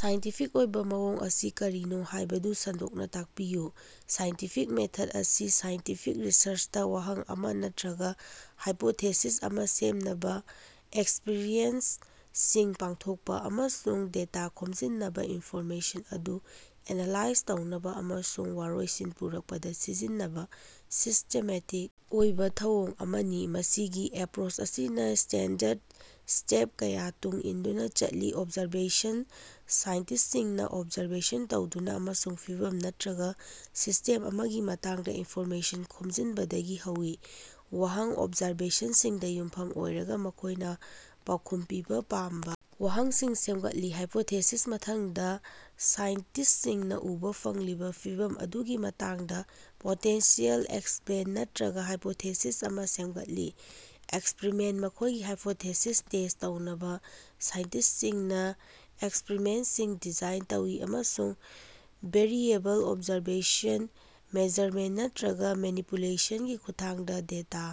Scientific ꯑꯣꯏꯕꯥ ꯃꯑꯣꯡ ꯑꯁꯤ ꯀꯔꯤꯅꯣ ꯍꯥꯏꯕꯗꯨ ꯁꯟꯗꯣꯛꯅꯥ ꯇꯥꯛꯄꯤꯌꯨ꯫ ꯁꯥꯏꯟꯇꯤꯐꯤꯛ ꯃꯦꯊꯗ ꯑꯁꯤ ꯁꯥꯏꯟꯇꯤꯐꯤꯛ ꯔꯤꯁꯔꯆꯇꯥ ꯋꯥꯍꯪ ꯑꯃꯥ ꯅꯠꯇ꯭ꯔꯒꯥ ꯍꯥꯏꯄꯣꯊꯦꯁꯤꯁ ꯑꯃꯥ ꯁꯦꯝꯅꯕꯥ ꯑꯦꯛꯁꯄꯔꯤꯃꯦꯟꯠꯁꯤꯡ ꯄꯥꯡꯊꯣꯛꯄꯥ ꯑꯃꯁꯨꯡ ꯗꯦꯇꯥ ꯈꯣꯝꯖꯤꯟꯅꯕꯥ ꯏꯟꯐꯣꯔꯃꯦꯁꯟ ꯑꯗꯨ ꯑꯦꯅꯥꯂꯥꯏꯖ ꯇꯧꯅꯕꯥ ꯑꯃꯁꯨꯡ ꯋꯥꯔꯣꯏꯁꯤꯟ ꯄꯨꯔꯛꯄꯗꯥ ꯁꯤꯖꯤꯟꯅꯕꯥ ꯁꯤꯁ꯭ꯇꯦꯃꯦꯇꯤꯛ ꯑꯣꯏꯕꯥ ꯊꯧꯑꯣꯡ ꯑꯃꯅꯤ꯫ ꯃꯁꯤꯒꯤ ꯑꯦꯄ꯭ꯔꯣꯆ ꯑꯁꯤꯅꯥ ꯁ꯭ꯇꯦꯟꯗꯔꯗ ꯁ꯭ꯇꯦꯞ ꯀꯌꯥ ꯇꯨꯡ ꯏꯟꯗꯨꯅꯥ ꯆꯠꯂꯤ ꯑꯣꯕꯖꯥꯔꯕꯦꯁꯟ ꯁꯥꯏꯟꯇꯤꯁ꯭ꯠꯁꯤꯡꯅꯥ ꯑꯣꯕꯖꯥꯔꯕꯦꯁꯟ ꯇꯧꯗꯨꯅꯥ ꯑꯃꯁꯨꯡ ꯐꯤꯚꯝ ꯅꯠꯇ꯭ꯔꯒꯥ ꯁꯤꯁ꯭ꯇꯦꯝ ꯑꯃꯒꯤ ꯃꯇꯥꯡꯗꯥ ꯏꯟꯐꯣꯔꯃꯦꯁꯟ ꯈꯣꯝꯖꯤꯟꯕꯗꯒꯤ ꯍꯧꯏ꯫ ꯋꯥꯍꯪ ꯑꯣꯕꯖꯥꯔꯕꯦꯁꯟꯁꯤꯡꯗꯥ ꯌꯨꯝꯐꯝ ꯑꯣꯏꯔꯒꯥ ꯃꯈꯣꯏꯅꯥ ꯄꯥꯎꯈꯨꯃ ꯄꯤꯕꯥ ꯄꯥꯝꯕꯥ ꯋꯥꯍꯪꯁꯤꯡ ꯁꯦꯝꯒꯠꯂꯤ꯫ ꯍꯥꯏꯄꯣꯊꯦꯁꯤꯁ ꯃꯊꯪꯗꯥ ꯁꯥꯏꯟꯇꯤꯁ꯭ꯠꯁꯤꯡꯅꯥ ꯎꯕꯥ ꯐꯪꯂꯤꯕꯥ ꯐꯤꯚꯝ ꯑꯗꯨꯒꯤ ꯃꯇꯥꯡꯗꯥ ꯄꯣꯇꯦꯟꯁꯤꯌꯦꯜ ꯑꯦꯛꯁꯄ꯭ꯂꯦꯟ ꯅꯠꯇ꯭ꯔꯒꯥ ꯍꯥꯏꯄꯣꯊꯦꯁꯤꯁ ꯑꯃꯥ ꯁꯦꯝꯒꯠꯂꯤ꯫ ꯑꯦꯛꯁꯄꯔꯤꯃꯦꯟꯠ ꯃꯈꯣꯏꯒꯤ ꯍꯥꯏꯄꯣꯊꯦꯁꯤꯁ ꯇꯦꯁ꯭ꯠ ꯇꯧꯅꯕꯥ ꯁꯥꯏꯟꯇꯤꯁ꯭ꯠꯁꯤꯡꯅꯥ ꯑꯦꯛꯁꯄꯔꯤꯃꯦꯟꯠꯁꯤꯡ ꯗꯤꯖꯥꯏꯟ ꯇꯧꯏ ꯑꯃꯁꯨꯡ ꯚꯦꯔꯤꯑꯦꯕꯜꯁꯤꯡ ꯑꯣꯕꯖꯥꯔꯕꯦꯁꯟ ꯃꯦꯖꯔꯃꯦꯟꯇ ꯅꯠꯇ꯭ꯔꯒꯥ ꯃꯦꯅꯤꯄꯨꯂꯦꯁꯟꯒꯤ ꯈꯨꯠꯊꯥꯡꯗꯥ ꯗꯦꯇꯥ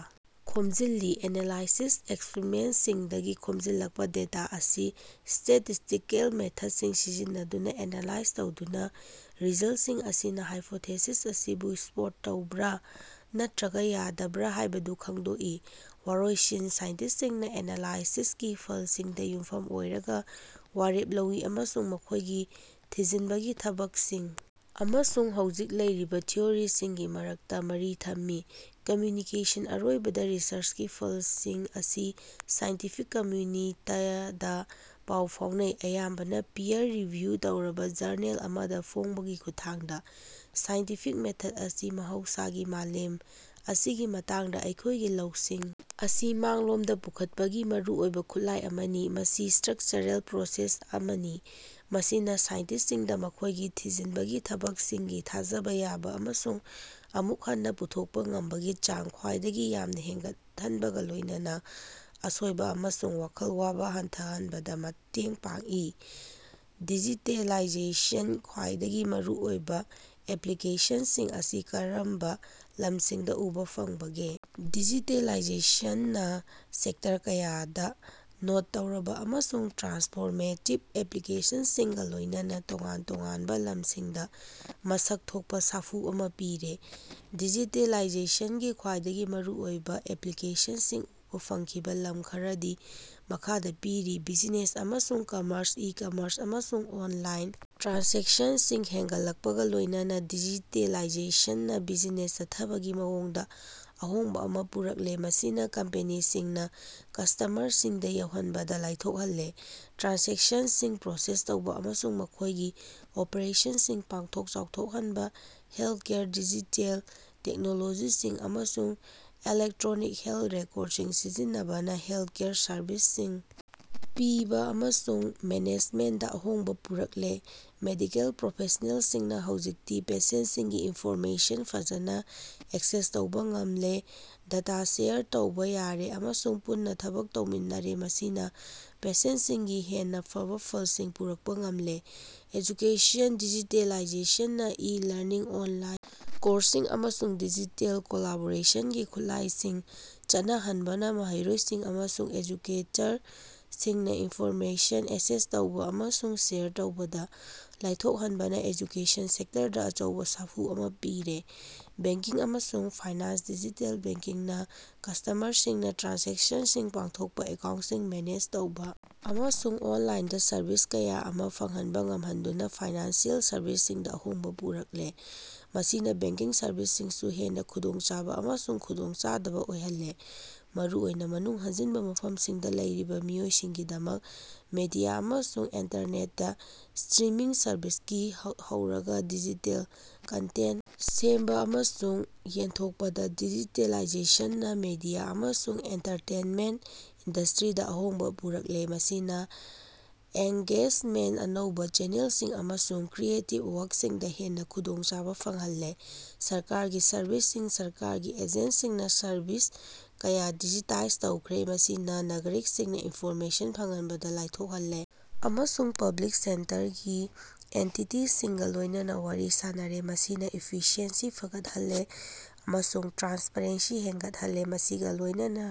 ꯈꯣꯝꯖꯤꯜꯂꯤ꯫ ꯑꯦꯅꯥꯂꯥꯏꯁꯤꯁ ꯑꯦꯛꯁꯄꯔꯤꯃꯦꯟꯠꯁꯤꯡꯗꯒꯤ ꯈꯣꯝꯖꯤꯜꯂꯛꯄꯥ ꯗꯦꯇꯥ ꯑꯁꯤ ꯁ꯭ꯇꯦꯇꯤꯁ꯭ꯇꯤꯀꯦꯜ ꯃꯦꯊꯗꯁꯤꯡ ꯁꯤꯖꯤꯟꯅꯗꯨꯅꯥ ꯑꯦꯅꯥꯂꯥꯏꯖ ꯇꯧꯗꯨꯅꯥ ꯔꯤꯖꯜꯠꯁꯤꯡ ꯑꯁꯤꯅꯥ ꯍꯥꯏꯄꯣꯊꯦꯁꯤꯁ ꯑꯁꯤꯕꯨ ꯁꯄꯣꯔꯠ ꯇꯧꯕꯔꯥ ꯅꯠꯇ꯭ꯔꯒꯥ ꯌꯥꯗꯕꯔꯥ ꯍꯥꯏꯕꯗꯨ ꯈꯪꯗꯣꯛꯏ꯫ ꯋꯥꯔꯣꯏꯁꯤꯟ ꯁꯥꯏꯟꯇꯤꯁ꯭ꯠꯁꯤꯡꯅꯥ ꯑꯦꯅꯥꯂꯥꯏꯁꯤꯁꯀꯤ ꯐꯜꯁꯤꯡꯗꯥ ꯌꯨꯝꯐꯝ ꯑꯣꯏꯔꯒꯥ ꯋꯥꯔꯦꯞ ꯂꯧꯏ ꯑꯃꯁꯨꯡ ꯃꯈꯣꯏꯒꯤ ꯊꯤꯖꯤꯅꯕꯒꯤ ꯊꯕꯛꯁꯤꯡ ꯑꯃꯁꯨꯡ ꯍꯧꯖꯤꯛ ꯂꯩꯔꯤꯕꯥ ꯊꯤꯑꯣꯔꯤꯁꯤꯡꯒꯤ ꯃꯔꯛꯇꯥ ꯃꯔꯤ ꯊꯝꯃꯤ꯫ ꯀꯝꯃ꯭ꯌꯨꯅꯤꯀꯦꯁꯟ ꯑꯔꯣꯏꯕꯗꯥ ꯔꯤꯁꯔꯆꯀꯤ ꯐꯜꯁꯤꯡ ꯑꯁꯤ ꯁꯥꯏꯟꯇꯤꯐꯤꯛ ꯀꯝꯃ꯭ꯌꯨꯅꯤꯇꯤꯗꯥ ꯄꯥꯎ ꯐꯥꯎꯅꯩ ꯑꯌꯥꯝꯕꯅꯥ ꯄꯤꯌꯔ ꯔꯤꯚꯤꯌꯨ ꯇꯧꯔꯕꯥ ꯖꯔꯅꯦꯜ ꯑꯃꯗꯥ ꯐꯣꯡꯕꯒꯤ ꯈꯨꯠꯊꯥꯡꯗꯥ꯫ ꯁꯥꯏꯟꯇꯤꯐꯤꯛ ꯃꯦꯊꯗ ꯑꯁꯤ ꯃꯍꯧꯁꯥꯒꯤ ꯃꯥꯂꯦꯝ ꯑꯁꯤꯒꯤ ꯃꯇꯥꯡꯗꯥ ꯑꯩꯈꯣꯏꯒꯤ ꯂꯧꯁꯤꯡ ꯑꯁꯤ ꯃꯥꯡꯂꯣꯝꯗꯥ ꯄꯨꯈꯠꯄꯒꯤ ꯃꯔꯨꯑꯣꯏꯕꯥ ꯈꯨꯠꯂꯥꯏ ꯑꯃꯅꯤ꯫ ꯃꯁꯤ ꯁ꯭ꯇꯔꯛꯆꯔꯦꯜ ꯄ꯭ꯔꯣꯁꯦꯁ ꯑꯃꯅꯤ ꯃꯁꯤꯅꯥ ꯁꯥꯏꯟꯇꯤꯁ꯭ꯠꯁꯤꯡꯗꯥ ꯃꯈꯣꯏꯒꯤ ꯊꯤꯖꯤꯅꯕꯒꯤ ꯊꯕꯛꯁꯤꯡꯒꯤ ꯊꯥꯖꯕꯥ ꯌꯥꯕꯥ ꯑꯃꯁꯨꯡ ꯑꯃꯨꯛ ꯍꯟꯅꯥ ꯄꯨꯊꯣꯛꯄꯥ ꯉꯝꯕꯒꯤ ꯆꯥꯡ ꯈ꯭ꯋꯥꯏꯗꯒꯤ ꯌꯥꯝꯅꯥ ꯍꯦꯟꯒꯠꯍꯟꯕꯒꯥ ꯂꯣꯏꯅꯅꯥ ꯑꯁꯣꯏꯕꯥ ꯑꯃꯁꯨꯡ ꯋꯥꯈꯜ ꯋꯥꯕꯥ ꯍꯟꯊꯍꯟꯕꯗꯥ ꯃꯇꯦꯡ ꯄꯥꯡꯏ꯫ ꯗꯤꯖꯤꯇꯦꯂꯥꯏꯖꯦꯁꯟꯒꯤ ꯈ꯭ꯋꯥꯏꯗꯒꯤ ꯃꯔꯨꯑꯣꯏꯕꯥ ꯑꯦꯄ꯭ꯂꯤꯀꯦꯁꯅꯁꯤꯡ ꯑꯁꯤ ꯀꯔꯝꯕꯥ ꯂꯝꯁꯤꯡꯗꯥ ꯎꯕꯥ ꯐꯪꯕꯒꯦ? ꯗꯤꯖꯤꯇꯦꯂꯥꯏꯖꯦꯁꯟꯅꯥ ꯁꯦꯛꯇꯔ ꯀꯌꯥꯗꯥ ꯅꯣꯠ ꯇꯧꯔꯕꯥ ꯑꯃꯁꯨꯡ ꯇ꯭ꯔꯥꯟꯁꯐꯣꯔꯃꯦꯇꯤꯕ ꯑꯦꯞꯂꯤꯀꯦꯁꯟꯁꯤꯡꯒꯥ ꯂꯣꯏꯅꯅꯥ ꯇꯣꯉꯥꯟ ꯇꯣꯉꯥꯅꯕꯥ ꯂꯝꯁꯤꯡꯗꯥ ꯃꯁꯛ ꯊꯣꯛꯄꯥ ꯁꯥꯐꯨ ꯑꯃꯥ ꯄꯤꯔꯦ꯫ ꯗꯤꯖꯤꯇꯦꯂꯥꯏꯖꯦꯁꯟꯒꯤ ꯈ꯭ꯋꯥꯏꯗꯒꯤ ꯃꯔꯨꯑꯣꯏꯕꯥ ꯑꯦꯄ꯭ꯂꯤꯀꯦꯁꯟꯁꯤꯡ ꯎꯕꯥ ꯐꯪꯈꯤꯕꯥ ꯂꯝ ꯈꯔꯗꯤ ꯃꯈꯥꯗꯥ ꯄꯤꯔꯤ ꯕꯤꯖꯤꯅꯦꯁ ꯑꯃꯁꯨꯡ ꯀꯝꯃꯔꯁ ꯏ-ꯀꯝꯃꯔꯁ ꯑꯃꯁꯨꯡ ꯑꯣꯟꯂꯥꯏꯟ ꯇ꯭ꯔꯥꯟꯖꯦꯛꯁꯟꯁꯤꯡ ꯍꯦꯟꯒꯠꯂꯛꯄꯒꯥ ꯂꯣꯏꯅꯅꯥ ꯗꯤꯖꯤꯇꯦꯂꯥꯏꯖꯦꯁꯟꯅꯥ ꯕꯤꯖꯤꯅꯦꯁ ꯆꯠꯊꯕꯒꯤ ꯃꯑꯣꯡꯗꯥ ꯑꯍꯣꯡꯕꯥ ꯑꯃꯥ ꯄꯨꯔꯛꯂꯦ ꯃꯁꯤꯅꯥ ꯀꯝꯄꯦꯅꯤꯁꯤꯡꯅꯥ ꯀꯁꯇꯃꯔꯁꯤꯡꯗꯥ ꯌꯧꯍꯟꯕꯗꯥ ꯂꯥꯏꯊꯣꯛꯍꯜꯂꯦ ꯇ꯭ꯔꯥꯟꯖꯦꯛꯁꯟꯁꯤꯡ ꯄ꯭ꯔꯣꯁꯦꯁ ꯇꯧꯕꯥ ꯑꯃꯁꯨꯡ ꯃꯈꯣꯏꯒꯤ ꯑꯣꯄꯔꯦꯁꯟꯁꯤꯡ ꯄꯥꯛꯊꯣꯛ ꯆꯥꯎꯊꯣꯛꯍꯟꯕꯥ꯫ ꯍꯦꯜꯊꯀꯦꯌꯔ ꯗꯤꯖꯤꯇꯦꯜ ꯇꯦꯛꯅꯣꯂꯣꯖꯤꯁꯤꯡ ꯑꯃꯁꯨꯡ ꯏꯂꯦꯛꯇ꯭ꯔꯣꯅꯤꯛ ꯍꯦꯜꯊ ꯔꯦꯀꯣꯔꯗꯁꯤꯡ ꯁꯤꯖꯤꯟꯅꯕꯅꯥ ꯍꯦꯜꯊꯀꯦꯌꯔ ꯁꯔꯕꯤꯁꯁꯤꯡ ꯄꯤꯕꯥ ꯑꯃꯁꯨꯡ ꯃꯦꯅꯦꯖꯃꯦꯟꯠꯗꯥ ꯑꯍꯣꯡꯕꯥ ꯄꯨꯔꯛꯂꯦ꯫ ꯃꯦꯗꯤꯀꯦꯜ ꯄ꯭ꯔꯣꯐꯦꯁ꯭ꯅꯦꯜꯁꯤꯡꯅꯥ ꯍꯧꯖꯤꯛꯇꯤ ꯄꯦꯁꯦꯟꯠꯁꯤꯡꯒꯤ ꯏꯟꯐꯣꯔꯃꯦꯁꯟ ꯐꯖꯅꯥ ꯑꯦꯛꯁꯦꯁ ꯇꯧꯕꯥ ꯉꯝꯂꯦ ꯗꯦꯇꯥ ꯁꯦꯌꯔ ꯇꯧꯕꯥ ꯌꯥꯔꯦ ꯑꯃꯁꯨꯡ ꯄꯨꯟꯅꯥ ꯊꯕꯛ ꯇꯧꯃꯤꯟꯅꯔꯦ ꯃꯁꯤꯅꯥ ꯄꯦꯁꯦꯟꯠꯁꯤꯡꯒꯤ ꯍꯦꯟꯅꯥ ꯐꯕꯥ ꯐꯜꯁꯤꯡ ꯄꯨꯔꯛꯄꯥ ꯉꯝꯂꯦ꯫ ꯑꯦꯖꯨꯀꯦꯁꯟ ꯗꯤꯖꯤꯇꯦꯂꯥꯏꯖꯦꯁꯟꯅꯥ ꯏ-ꯂꯔꯅꯤꯡ ꯑꯣꯟꯂꯥꯏꯟ ꯀꯣꯔꯁꯁꯤꯡ ꯑꯃꯁꯨꯡ ꯗꯤꯖꯤꯇꯦꯜ ꯀꯣꯂꯥꯕꯣꯔꯦꯁꯟꯒꯤ ꯈꯨꯠꯂꯥꯏꯁꯤꯡ ꯆꯠꯅꯍꯟꯕꯅꯥ ꯃꯍꯩꯔꯣꯏꯁꯤꯡ ꯑꯃꯁꯨꯡ ꯑꯦꯖꯨꯀꯦꯇꯔꯁꯤꯡꯅꯥ ꯏꯟꯐꯣꯔꯃꯦꯁꯟ ꯑꯦꯛꯁꯦꯁ ꯇꯧꯕꯥ ꯑꯃꯁꯨꯡ ꯁꯦꯌꯔ ꯇꯧꯕꯗꯥ ꯂꯥꯏꯊꯣꯛꯍꯟꯕꯅꯥ ꯑꯦꯖꯨꯀꯦꯁꯟ ꯁꯦꯛꯇꯔꯗꯥ ꯑꯆꯧꯕꯥ ꯁꯥꯐꯨ ꯑꯃꯥ ꯄꯤꯔꯦ꯫ ꯕꯦꯡꯀꯤꯡ ꯑꯃꯁꯨꯡ ꯐꯥꯏꯅꯥꯟꯁ ꯗꯤꯖꯤꯇꯦꯜ ꯕꯦꯡꯀꯤꯡꯅꯥ ꯀꯁꯇꯃꯔꯁꯤꯡꯅꯥ ꯇ꯭ꯔꯥꯟꯖꯦꯛꯁꯟꯁꯤꯡ ꯄꯥꯡꯊꯣꯛꯄꯥ ꯑꯦꯀꯥꯎꯟꯠꯁꯤꯡ ꯃꯦꯅꯦꯖ ꯇꯧꯕꯥ ꯑꯃꯁꯨꯡ ꯑꯣꯟꯂꯥꯏꯟꯗꯥ ꯁꯔꯚꯤꯁ ꯀꯌꯥ ꯑꯃꯥ ꯐꯪꯍꯟꯕꯥ ꯉꯝꯍꯟꯗꯨꯅꯥ ꯐꯥꯏꯅꯥꯟꯁꯤꯑꯦꯜ ꯁꯔꯕꯤꯁꯁꯤꯡꯗꯥ ꯑꯍꯣꯡꯕꯥ ꯄꯨꯔꯛꯂꯦ꯫ ꯃꯁꯤꯅꯥ ꯕꯦꯡꯀꯤꯡ ꯁꯔꯕꯤꯁꯁꯤꯡꯁꯨ ꯍꯦꯟꯅꯥ ꯈꯨꯗꯣꯡꯆꯥꯕꯥ ꯑꯃꯁꯨꯡ ꯈꯨꯗꯣꯡꯆꯥꯗꯕꯥ ꯑꯣꯏꯍꯜꯂꯦ ꯃꯔꯨꯑꯣꯏꯅꯥ ꯃꯅꯨꯡ ꯍꯟꯖꯤꯟꯕꯥ ꯃꯐꯝꯁꯤꯡꯗꯥ ꯂꯩꯔꯤꯕꯥ ꯃꯤꯑꯣꯏꯁꯤꯡꯒꯤꯗꯃꯛ꯫ ꯃꯤꯗꯤꯌꯥ ꯑꯃꯁꯨꯡ ꯑꯦꯟꯇꯔꯇꯦꯟꯃꯦꯟꯠ: ꯁ꯭ꯇꯔꯤꯃꯤꯡ ꯁꯔꯕꯤꯁꯇꯒꯤ ꯍꯧꯔꯒꯥ ꯗꯤꯖꯤꯇꯦꯜ ꯀꯟꯇꯦꯟꯠ ꯁꯦꯝꯕꯥ ꯑꯃꯁꯨꯡ ꯌꯦꯟꯊꯣꯛꯄꯗꯥ ꯗꯤꯖꯤꯇꯦꯂꯥꯏꯖꯦꯁꯟꯅꯥ ꯃꯤꯗꯤꯌꯥ ꯑꯃꯁꯨꯡ ꯑꯦꯟꯇꯔꯇꯦꯅꯃꯦꯟꯠ ꯏꯟꯗꯁꯇ꯭ꯔꯤꯗꯥ ꯑꯍꯣꯡꯕꯥ ꯄꯨꯔꯛꯂꯦ ꯃꯁꯤꯅꯥ ꯑꯦꯡꯒꯦꯖꯃꯦꯟꯠꯀꯤ ꯑꯅꯧꯕꯥ ꯆꯦꯅꯦꯜꯁꯤꯡ ꯑꯃꯁꯨꯡ ꯀ꯭ꯔꯤꯌꯦꯇꯤꯕ ꯋꯥꯔꯛꯁꯤꯡꯗꯥ ꯍꯦꯟꯅꯥ ꯈꯨꯗꯣꯡꯆꯥꯕꯥ ꯐꯪꯍꯜꯂꯦ꯫ ꯁꯔꯀꯥꯔꯒꯤ ꯁꯔꯚꯤꯁꯁꯤꯡ: ꯁꯔꯀꯥꯔꯒꯤ ꯑꯦꯖꯦꯟꯁꯤꯁꯤꯡꯅꯥ ꯁꯔꯚꯤꯁ ꯀꯌꯥ ꯗꯤꯖꯤꯇꯥꯏꯖ ꯇꯧꯈ꯭ꯔꯦ ꯃꯁꯤꯅꯥ ꯅꯥꯒꯔꯤꯛꯁꯤꯡꯅꯥ ꯏꯟꯐꯣꯔꯃꯦꯁꯟ ꯐꯪꯍꯟꯕꯗꯥ ꯂꯥꯏꯊꯣꯛꯍꯜꯂꯦ ꯑꯃꯁꯨꯡ ꯄꯕ꯭ꯂꯤꯛ ꯁꯦꯛꯇꯔꯒꯤ ꯑꯦꯟꯇꯤꯇꯤꯁꯤꯡꯒꯥ ꯂꯣꯏꯅꯅꯥ ꯋꯥꯔꯤ ꯁꯥꯅꯔꯦ꯫ ꯃꯁꯤꯅꯥ ꯏꯐꯤꯁꯤꯑꯦꯟꯁꯤ ꯐꯒꯠꯍꯜꯂꯦ ꯑꯃꯁꯨꯡ ꯇ꯭ꯔꯥꯟꯁꯄꯔꯦꯟꯁꯤ ꯍꯦꯟꯒꯠꯍꯜꯂꯦ ꯃꯁꯤꯒꯥ ꯂꯣꯏꯅꯅꯥ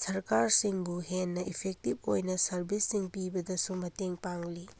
ꯁꯔꯀꯥꯔꯁꯤꯡꯕꯨ ꯍꯦꯟꯅꯥ ꯏꯐꯦꯛꯇꯤꯕ ꯑꯣꯏꯅꯥ ꯁꯔꯕꯤꯁꯁꯤꯡ ꯄꯤꯕꯗꯁꯨ ꯃꯇꯦꯡ ꯄꯥꯡꯂꯤ꯫